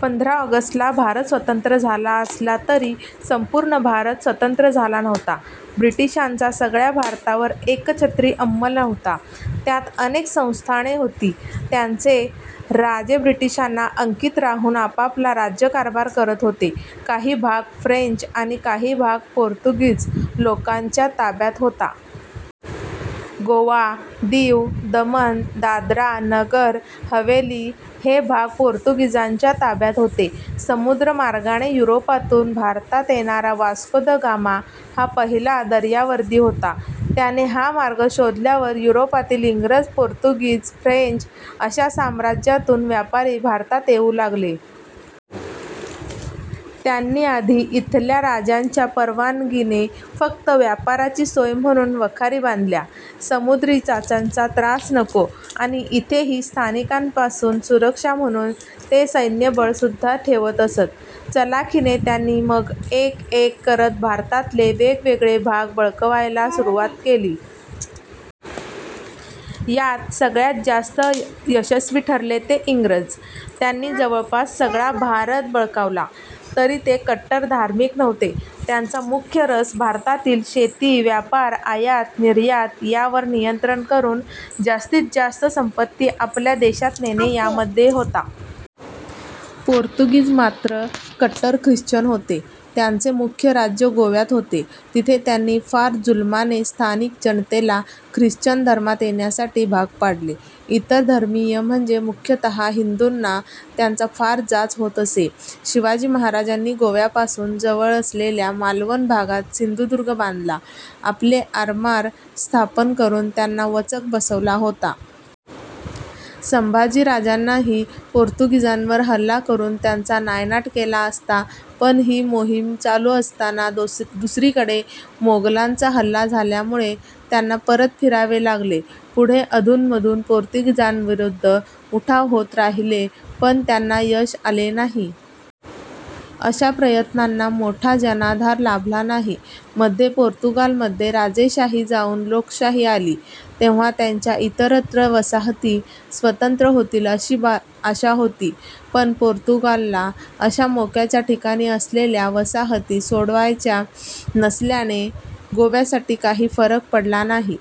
पंधरा ऑगस्ट ला भारत स्वतंत्र झाला असला तरी संपुर्ण भारत स्वतंत्र झाला नव्हता. ब्रिटिशांचा सगळ्या भारतावर एकछत्री अंमल नव्हता. त्यात अनेक संस्थाने होती, त्यांचे राजे ब्रिटिशांना अंकित राहुन आपापला राज्यकारभार करत होते. काही भाग फ्रेंच आणि काही भाग पोर्तुगीज लोकांच्या ताब्यात होता. गोवा, दीव, दमण, दादरा, नगर हवेली हे भाग पोर्तुगीजांच्या ताब्यात होते. समुद्र मार्गाने युरोपातुन भारतात येणारा वास्को द गामा हा पहिला दर्यावर्दी होता. त्याने हा मार्ग शोधल्यावर युरोपातील इंग्रज, पोर्तुगीज, फ्रेंच अशा साम्रज्यातून व्यापारी भारतात येऊ लागले. त्यांनी आधी इथल्या राजांच्या परवानगीने फक्त व्यापाराची सोय म्हणुन वखारी बांधल्या. समुद्री चाच्यांचा त्रास नको, आणि इथेही स्थानिकांपासुन सुरक्षा म्हणुन ते सैन्यबळ सुद्धा ठेवत असत. चलाखीने त्यांनी मग एक एक करत भारतातले वेगवेगळे भाग बळकावायला सुरुवात केली. यात सगळ्यात जास्त यशस्वी ठरले ते इंग्रज. त्यांनी जवळपास सगळा भारत बळकावला तरी ते कट्टर धार्मिक नव्हते. त्यांचा मुख्य रस भारतातील शेती, व्यापार, आयात निर्यात यावर नियंत्रण करून जास्तीत जास्त संपत्ती आपल्या देशात नेणे यामध्ये होता. पोर्तुगीज मात्र कट्टर ख्रिश्चन होते. त्यांचे मुख्य राज्य गोव्यात होते. तिथे त्यांनी फार जुलमाने स्थानिक जनतेला ख्रिश्चन धर्मात येण्यासाठी भाग पाडले. इतर धर्मीय म्हणजे मुख्यतः हिंदूंना त्यांचा फार जाच होत असे. शिवाजी महाराजांनी गोव्यापासून जवळ असलेल्या मालवण भागात सिंधुदुर्ग बांधला, आपले आरमार स्थापन करून त्यांना वचक बसवला होता. संभाजी राजांनीही पोर्तुगीजांवर हल्ला करून त्यांचा नायनाट केला असता पण हि मोहीम चालू असताना दुसरीकडे मोगलांचा हल्ला झाल्यामुळे त्यांना परत फिरावे लागले. पुढे अधून मधून पोर्तुगीजांविरुद्ध उठाव होत राहिले पण त्यांना यश आले नाही. अशा प्रयत्नांना मोठा जनाधार लाभला नाही. मध्ये पोर्तुगालमध्ये राजेशाही जाऊन लोकशाही आली तेव्हा त्यांच्या इतरत्र वसाहती स्वतंत्र होतील अशी आशा होती, पण पोर्तुगालला अशा मोक्याच्या ठिकाणी असलेल्या वसाहती सोडायच्या नसल्याने गोव्यासाठी काही फरक पडला नाही.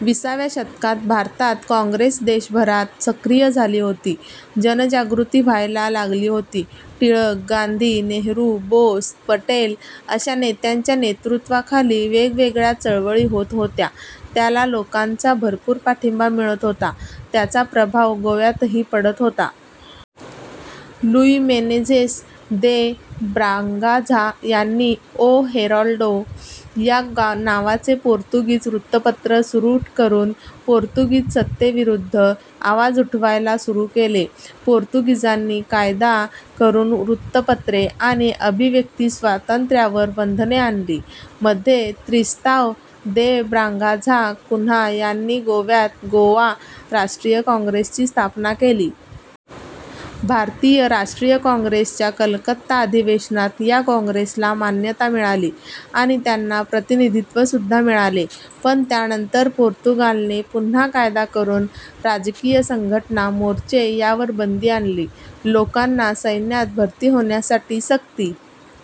विसाव्या शतकात भारतात काँग्रेस देशभरात सक्रिय झाली होती. जनजागृती व्हायला लागली होती. टिळक, गांधी, नेहरू, बोस, पटेल अशा नेत्यांच्या नेतृत्वाखाली वेगवेगळ्या चळवळी होत होत्या त्याला लोकांचा भरपुर पाठिंबा मिळत होता. त्याचा प्रभाव गोव्यातही पडत होता. लुई मेनेझेस दे ब्रागांझा यांनी ओ हेराल्डो या नावाचे पोर्तुगीज वृत्तपत्र सुरु करून पोर्तुगीज सत्तेविरुद्ध आवाज उठवायला सुरु केले. पोर्तुगीजांनी कायदा करून वृत्तपत्रे, आणि अभिव्यक्ती स्वातंत्र्यावर बंधने आणली. मध्ये त्रिस्ताव दे ब्रागांझा कुन्हा यांनी गोव्यात गोवा राष्ट्रीय काँग्रेसची स्थापना केली. भारतीय राष्ट्रीय काँग्रेसच्या कलकत्ता अधिवेशनात या काँग्रेसला मान्यता मिळाली आणि त्यांना प्रतिनिधित्व सुद्धा मिळाले. पण त्यानंतर पोर्तुगालने पुन्हा कायदा करून राजकीय संघटना, मोर्चे यावर बंदी आणली. लोकांना सैन्यात भरती होण्यासाठी सक्ती